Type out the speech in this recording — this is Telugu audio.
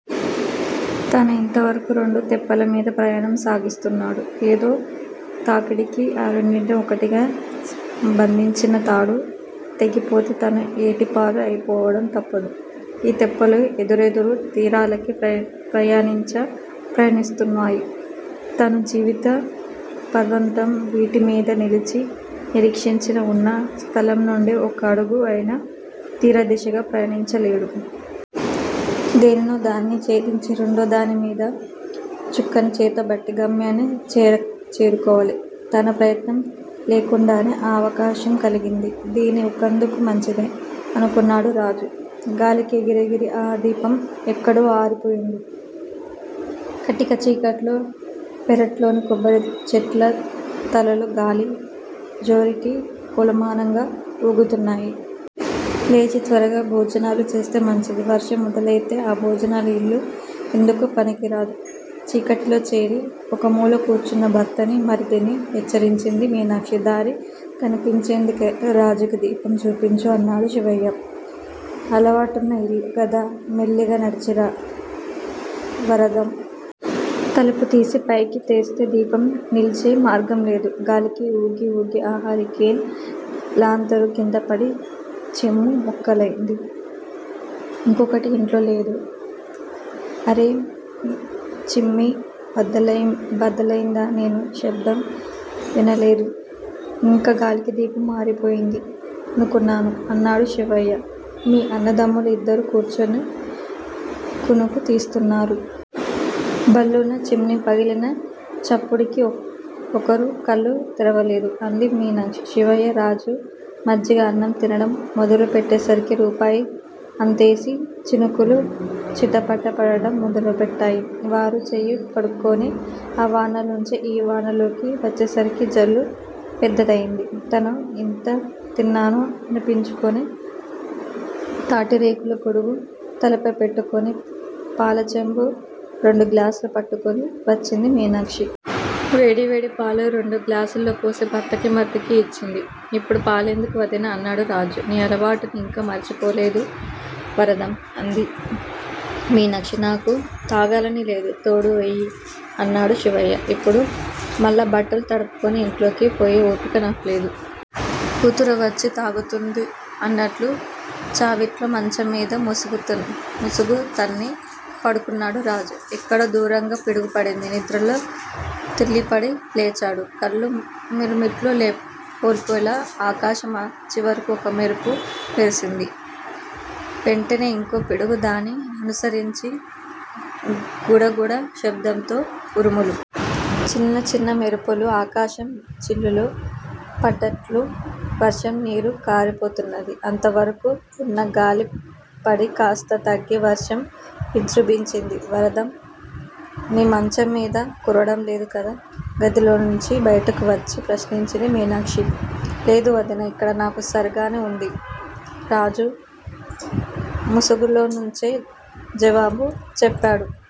తను ఇంతవరకు రెండు తెప్పలమీద ప్రయాణం సాగిస్తున్నాడు. ఏదో తాకిడికి ఈ రెండింటిని ఒకటిగా బంధించిన తాడు తెగిపోతే తను ఏటిపాలు అయిపోవడం తప్పదు. ఈ తెప్పలు ఎదురెదురు తీరాలకి ప్రయాణించ ప్ర ప్రయత్నిస్తున్నాయి. తను జీవిత పర్యంతం వీటిమీద నిలచి నిరీక్షించినా ఉన్న స్థలంనుండి ఒక అడుగు అయినా తీరదిశగా ప్రయాణించలేడు. దేనినో దానిని ఛేదించి రెండో దానిమీద చుక్కాని చేతబట్టి గమ్యాన్ని చేర చేరుకోవాలి. తన ప్రయత్నం లేకుండానే ఆ అవకాశం కలిగింది. ఇదీ ఒకందుకు మంచిదే అనుకొన్నాడు రాజు. గాలికి ఎగిరి ఎగిరి ఆ దీపం ఎప్పుడో ఆరిపోయింది. కటిక చీకట్లో పెరట్లోని కొబ్బరిచెట్ల తలలు గాలి జోరుకి కొలమానంగా ఊగుతున్నాయి. లేచి త్వరగా భోజనాలుచేస్తే మంచిది. వర్షం మొదలయితే ఆ భోజనాల ఇల్లు ఎందుకూ పనికిరాదు. చీకటిలో చెరి ఒకమూల కూర్చున్న భర్తని, మరిదిని హెచ్చరించింది మీనాక్షి. దారి కనిపించేందుకే రాజుకి దీపం చూపించు అన్నాడు శివయ్య. అలవాటున్న ఇల్లే కదా! మెల్లిగా నడిచి రా, వరదం! తలుపు తీసి పైకి తెస్తే దీపం నిలిచే మార్గంలేదు. గాలికి ఊగిఊగి ఆ హరికేన్ లాంతరు కిందపడి చిమ్నీ ముక్కలయింది. ఇంకొకటి ఇంట్లో లేదు. అరే, చిమ్నీ బద్దలబద్దలయిందా? నేను శబ్దం విననేలేదు, ఇంకా గాలికి దీపం ఆరిపోయింది అనుకొన్నాను అన్నాడు శివయ్య. మీ అన్నదమ్ములు ఇద్దరూ కూర్చునే కునుకు తీస్తున్నారు. భళ్లున చిమ్నీ పగిలిన చప్పుడుకి ఒకరూ కళ్ళు తెరవలేదు అంది మీనాక్షి. శివయ్య, రాజు మజ్జిగ అన్నం తినడం మొదలు పెట్టేసరికి రూపాయి అంతేసి చినుకులు చిటపటా పడడం మొదలుపెట్టేయి. వారు చెయ్యి కడుక్కొని ఆ వానలోంచి ఈ వానలోకి వచ్చేసరికి జల్లు పెద్దదయింది. తనూ ఇంత తిన్నాను అనిపించుకొని, తాటిరేకుల గొడుగు తలపై పెట్టుకొని పాలచెంబు, రెండు గ్లాసులు పట్టుకొని వచ్చింది మీనాక్షి. వేడివేడి పాలు రెండు గ్లాసుల్లోపోసి భర్తకి, మరిదికి ఇచ్చింది. ఇప్పుడు పాలెందుకు, వదినా? అన్నాడు రాజు. నీ అలవాటుని ఇంకా మరిచిపోలేదు, వరదం! అంది మీనాక్షి. నాకు తాగాలనిలేదు. తోడువెయ్యి అన్నాడు శివయ్య. ఇప్పుడు మళ్ళా బట్టలు తడుపుకొని ఆ ఇంట్లోకి పోయే ఓపిక నాకులేదు. కూతురు వచ్చి తాగుతుంది అన్నట్లు. చావిట్లో మంచంమీద ముసుగుతన్ని పడుకొన్నాడు రాజు. ఎక్కడో దూరంగా పిడుగు పడింది. నిద్రలో తుళ్ళిపడి లేచేడు, కళ్ళు మిరుముట్లు కొల్పేలా ఆకాశం ఆ చివరకు ఒక మెరుపు మెరిపించి, వెంటనే ఇంకో పిడుగు. దాన్ని అనుసరించి గుడగుడ శబ్దంతో ఉరుములు. చిన్న చిన్న మెరుపులు. ఆకాశం చిల్లులు పడ్డట్లు వర్షం నీరుకారిపోతున్నది. అంతవరకు ఉన్న గాలిపడి కాస్త తగ్గి వర్షం విజృంభించింది. వరదం, నీ మంచంమీద కురవడంలేదు కదా? గదిలోంచి బయటికి వచ్చి ప్రశ్నించింది మీనాక్షి. లేదు వదినా, ఇక్కడ నాకు సరిగానే వుంది. రాజు ముసుగులోనించే జవాబు చెప్పేడు.